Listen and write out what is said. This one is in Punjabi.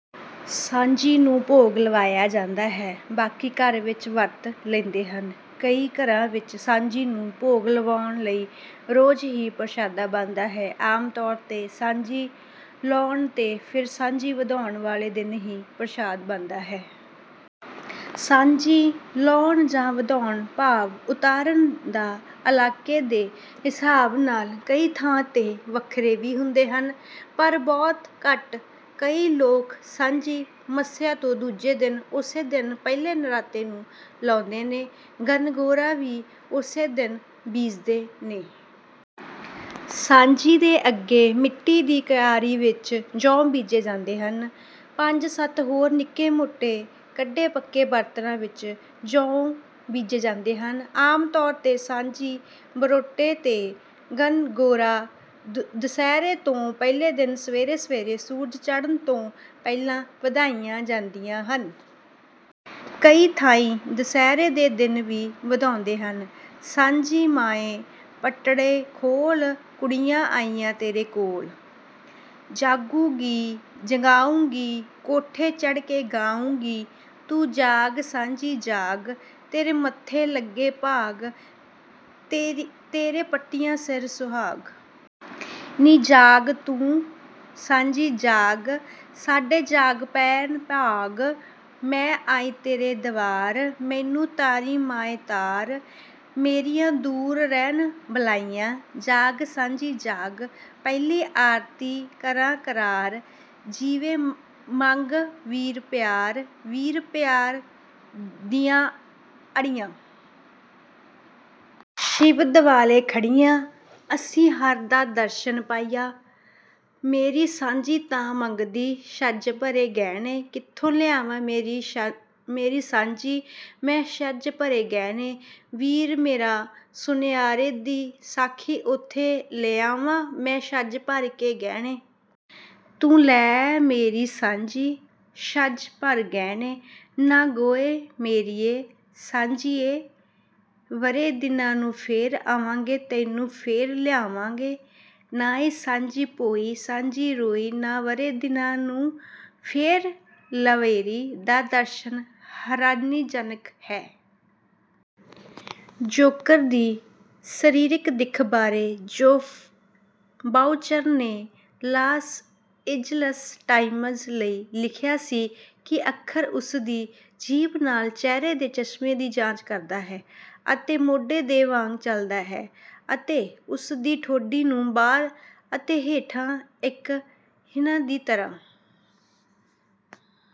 ਸਾਂਝੀ ਨੂੰ ਭੋਗ ਲਵਾਇਆ ਜਾਂਦਾ ਹੈ। ਬਾਕੀ ਘਰ ਵਿੱਚ ਵਰਤ ਲੈਂਦੇ ਹਨ। ਕਈ ਘਰਾਂ ਵਿੱਚ ਸਾਂਝੀ ਨੂੰ ਭੋਗ ਲਾਉਣ ਲਈ ਰੋਜ ਹੀ ਪ੍ਰਸਾਦ ਬਣਦਾ ਹੈ। ਆਮ ਤੌਰ ਤੇ ਸਾਂਝੀ ਲਾਉਣ ਤੇ ਫਿਰ ਸਾਂਝੀ ਵਧਾਉਣ ਵਾਲੇ ਦਿਨ ਹੀ ਪ੍ਰਸਾਦ ਬਣਦਾ ਹੈ। ਸਾਂਝੀ ਲਾਉਣ ਜਾਂ ਵਧਾਉਣ ਭਾਵ ਉਤਾਰਣ ਦਾ ਇਲਾਕੇ ਦੇ ਹਿਸਾਬ ਨਾਲ ਕਈ ਥਾਂ ਤੇ ਵੱਖਰੇ ਵੀ ਹੁੰਦੇ ਹਨ ਪਰ ਬਹੁਤ ਘੱਟ। ਕਈ ਲੋਕ ਸਾਂਝੀ ਮੱਸਿਆ ਤੋਂ ਦੂਜਾ ਉਸੇ ਦਿਨ ਪਹਿਲੇ ਨਰਾਤੇ ਨੂੰ ਲਾਉਂਦੇ ਨੇ ਗਨਗੋਰਾ ਵੀ ਉਸੇ ਦਿਨ ਬੀਜਦੇ ਨੇ। ਸਾਂਝੀ ਦੇ ਅੱਗੇ ਮਿਟੀ ਦੀ ਕਿਆਰੀ ਵਿੱਚ ਜੌ ਬੀਜੇ ਜਾਂਦੇ ਹਨ ਪੰਜ ਸੱਤ ਹੋਰ ਨਿਕੇ ਮੋਟੇ ਕੱਢੇ ਪੱਕੇ ਬਰਤਨਾਂ ਵਿੱਚ ਜੌ ਬੀਜੇ ਜਾਂਦੇ ਹਨ। ਆਮ ਤੌਰ ਤੇ ਸਾਂਝੀ ਬਰੋਟੇ ਤੇ ਗਨਗੋਰਾ ਦੁਸਹਿਰੇ ਤੋਂ ਪਹਿਲੇ ਦਿਨ ਸਵੇਰੇ ਸਵੇਰੇ ਸੂਰਜ ਚੜ੍ਹਨ ਤੋਂ ਪਹਿਲਾ ਵਧਾਈਆਂ ਜਾਂਦੀਆਂ ਹਨ। ਕਈ ਥਾਈਂ ਦੁਸਹਿਰੇ ਦੇ ਦਿਨ ਵੀ ਵਧਾਉਂਦੇ ਹਨ। ਸਾਂਝੀ ਮਾਈ ਪਟੜੇ ਖੋਲ ਕੁੜੀਆ ਆਈਆ ਤੇਰੇ ਕੋਲ। ਜਾਗੂੰ ਗੀ ਜਗਾਉਂਗੀ ਕੋਠੇ ਚੜ ਕੇ ਗਾਉਂਗੀ। ਤੂੰ ਜਾਗ ਸਾਂਝੀ ਜਾਗ ਤੇਰੇ ਮੱਥੇ ਲੱਗੇ ਭਾਗ ਤੇਰੇ ਪੱਟੀਆਂ ਸਿਰ ਸੁਹਾਗ। ਨੀ ਤੂੰ ਜਾਗ ਸਾਂਝੀ ਜਾਗ। ਸਾਡੇ ਜਾਗ ਪੈਣ ਭਾਗ। ਮੈ ਆਈ ਤੇਰੇ ਦਵਾਰ। ਮੈਨੂੰ ਤਾਰੀ ਮਾਈ ਤਾਰ। ਮੇਰੀਆ ਦੂਰ ਰਹਿਣ ਬਲਾਈ। ਜਾਗ ਸਾਂਝੀ ਜਾਗ। ਪਹਿਲੀ ਆਰਤੀ ਕਰਾ ਕਰਾਰ। ਜੀਵੇ ਮੰਗ ਵੀਰ ਪਿਆਰ। ਵੀਰ ਪਿਆਰ ਦੀਆਂ ਅੜੀਆ। ਸ਼ਿਵ ਦੁਆਲੇ ਖੜ੍ਹੀਆ। ਅਸੀਂ ਹਰਿ ਦਾ ਦਰਸ਼ਨ ਪਾਇਆ। ਮੇਰੀ ਸਾਂਝੀ ਤਾਂ ਮੰਗਦੀ ਛੱਜ ਭਰ ਗਹਿਣੇ। ਕਿੱਥੋਂ ਲਿਆਵਾ ਮੇਰੀ ਸਾਂਝੀ ਮੈਂ ਛੱਜ ਭਰ ਗਹਿਣੇ। ਵੀਰ ਮੇਰਾ ਸੁਣਿਆਰੇ ਦਾ ਸਾਖੀ ਉਥੇ ਲਿਆਵਾ ਮੈਂ ਛੱਜ ਭਰ ਗਹਿਣੇ। ਤੂੰ ਲੈ ਮੇਰੀ ਸਾਂਝੀ ਛੱਜ ਭਰ ਗਹਿਣੇ। ਨਾ ਗੋਅ ਮੇਰੀਏ ਸਾਂਝੀਏ ਵਰੇ ਦਿਨਾਂ ਨੂੰ ਫੇਰ ਆਵਾਂਗੇ ਤੈਨੂੰ ਫੇਰ ਲਿਆਵਾਂਗੇ। ਨਾਈ ਸਾਂਝੀ ਪੋਈ ਸਾਂਝੀ ਰੋਈ ਨਾ ਵਰੇ ਦਿਨਾਂ ਨੂੰ ਫੇਰ ਲਾਵਾਰੀ। ਦਾ ਪ੍ਰਦਰਸ਼ਨ ਹੈਰਾਨੀਜਨਕ ਹੈ। ਜੋਕਰ ਦੀ ਸਰੀਰਕ ਦਿੱਖ ਬਾਰੇ ਜੌਫ ਬਾਊਚਰ ਨੇ ਲਾਸ ਏਂਜਲਸ ਟਾਈਮਜ਼ ਲਈ ਲਿਖਿਆ ਸੀ ਕਿ ਅੱਖਰ ਉਸ ਦੀ ਜੀਭ ਨਾਲ ਚਿਹਰੇ ਦੇ ਚਸ਼ਮੇ ਦੀ ਜਾਂਚ ਕਰਦਾ ਹੈ ਅਤੇ ਮੋਢੇ ਦੇ ਵਾਂਗ ਚਲਦਾ ਹੈ ਅਤੇ ਉਸ ਦੀ ਠੋਡੀ ਨੂੰ ਬਾਹਰ ਅਤੇ ਹੇਠਾਂ ਇੱਕ ਹਿਨਾ ਦੀ ਤਰ੍ਹਾਂ।